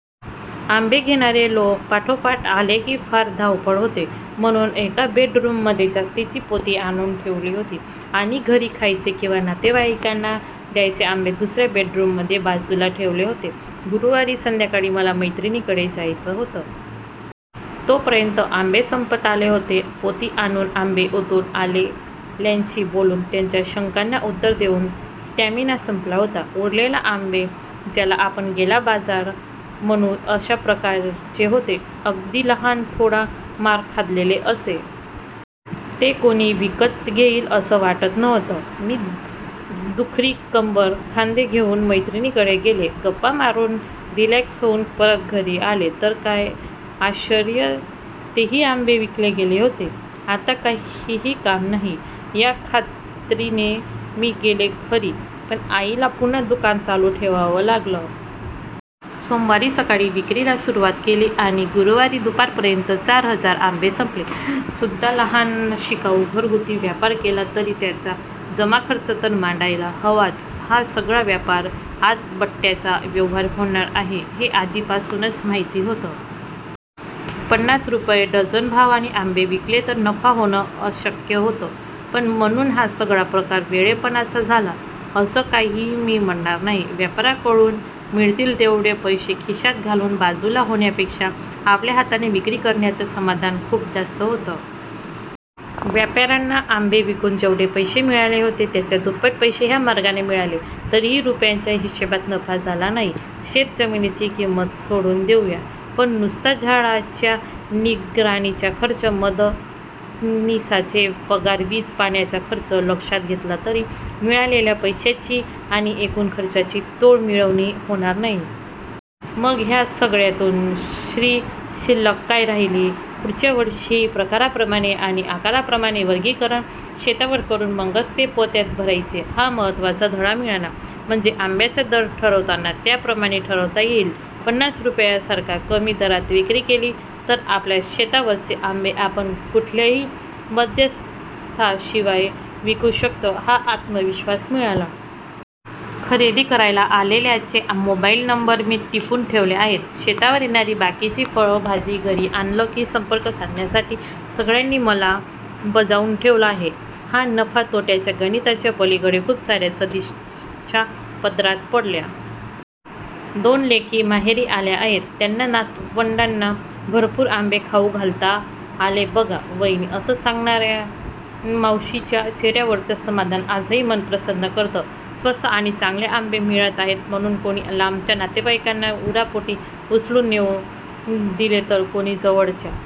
आंबे घेणारे लोकं पाठोपाठ आले, की फार धावपळ होते, म्हणून एका बेडरूममध्ये जास्तीची पोती आणून ठेवली होती आणि घरी खायचे किंवा नातेवाइकांना द्यायचे आंबे दुसऱ्या बेडरूममध्ये बाजूला ठेवले होते. गुरुवारी संध्याकाळी मला मैत्रिणीकडे जायचं होतं. तोपर्यंत आंबे संपत आले होते. पोती आणून, आंबे ओतून, आलेल्यांशी बोलून त्यांच्या शंकांना उत्तरं देऊन स्टॅमिना संपला होता. उरलेले आंबे ज्याला आपण 'गेला बाजार' म्हणू, अशा प्रकारचे होते. अगदी लहान, थोडा मार खाल्लेले असे. ते कोणी विकत घेईल, असं वाटत नव्हतं. मी दुखरी कंबर, खांदे घेऊन मैत्रिणीकडे गेले. गप्पा मारून, रिलॅक्स होऊन परत घरी आले, तर काय आश्यर्य! तेही आंबे विकले गेले होते.. आता काही काम नाही, ह्या खात्रीने मी गेले खरी, पण आईला पुन्हा दुकान चालू ठेवावं लागलंच. सोमवारी सकाळी विक्रीला सुरवात केली आणि गुरुवारी दुपारपर्यंत चार हजार आंबे संपले सुद्धालहान, शिकाऊ, घरगुती व्यापार केला तरी त्याचा जमाखर्च तर मांडायला हवाच. हा सगळा व्यापार आतबट्ट्याचा व्यवहार होणार आहे, हे आधीपासूनच माहिती होतं. पन्नास रुपये डझन भावाने आंबे विकले तर नफा होणं अशक्य होतं. पण म्हणून हा सगळा प्रकार वेडेपणाचा झाला, असं काही मी म्हणणार नाही. व्यापाऱ्यांकडून मिळतील तेवढे पैसे खिशात घालून बाजूला होण्यापेक्षा आपल्या हाताने विक्री करण्याचं समाधान खूप जास्त होतं. व्यापाऱ्यांना आंबे विकून जेवढे पैसे मिळाले होते, त्याच्या दुप्पट पैसे ह्या मार्गाने मिळाले. तरीही रुपयांच्या हिशेबात नफा झाला नाही. शेतजमिनीची किंमत सोडून देऊया. पण नुसता झाडांच्या निगराणीचा खर्च, मदतनिसांचे पगार, वीज-पाण्याचा खर्च लक्षात घेतला तरी मिळालेल्या पैशाची आणि एकूण खर्चाची तोंडमिळवणी होणार नाही. मग ह्या सगळ्यातून श्रीशिल्लक काय राहिली? पुढच्या वर्षी प्रकाराप्रमाणे आणि आकाराप्रमाणे वर्गीकरण शेतावर करून मगच ते पोत्यात भरायचे हा महत्त्वाचा धडा मिळाला. म्हणजे आंब्यांचा दर ठरवताना त्याप्रमाणे ठरवता येईल. पन्नास रुपयांसारख्या कमी दरात विक्री केली, तर आपल्या शेतावरचे आंबे आपण कुठल्याही मध्यस्थाशिवाय विकू शकतो, हा आत्मविश्वास मिळाला. खरेदी करायला आलेल्यांचे मोबाईल नंबर मी टिपून ठेवले आहेत. शेतावर येणारी बाकीची फळं, भाजी घरी आणली की संपर्क साधण्यासाठी सगळ्यांनी मला बजावून ठेवलं आहे. ह्या नफा-तोट्याच्या गणिताच्या पलीकडे खूप साऱ्या सदिच्छा पदरात पडल्या. 'दोन लेकी माहेरी आल्या आहेत. त्यांना, नातवंडांना भरपूर आंबे खाऊ घालता आले बघा वहिनी' असं सांगणाऱ्या मावशींच्या चेहऱ्यावरचं समाधान आजही मन प्रसन्न करतं. स्वस्त आणि चांगले आंबे मिळत आहेत म्हणून कोणी लांबच्या नातेवाइकांना उरापोटी उचलून नेऊन दिले तर कोणी जवळच्या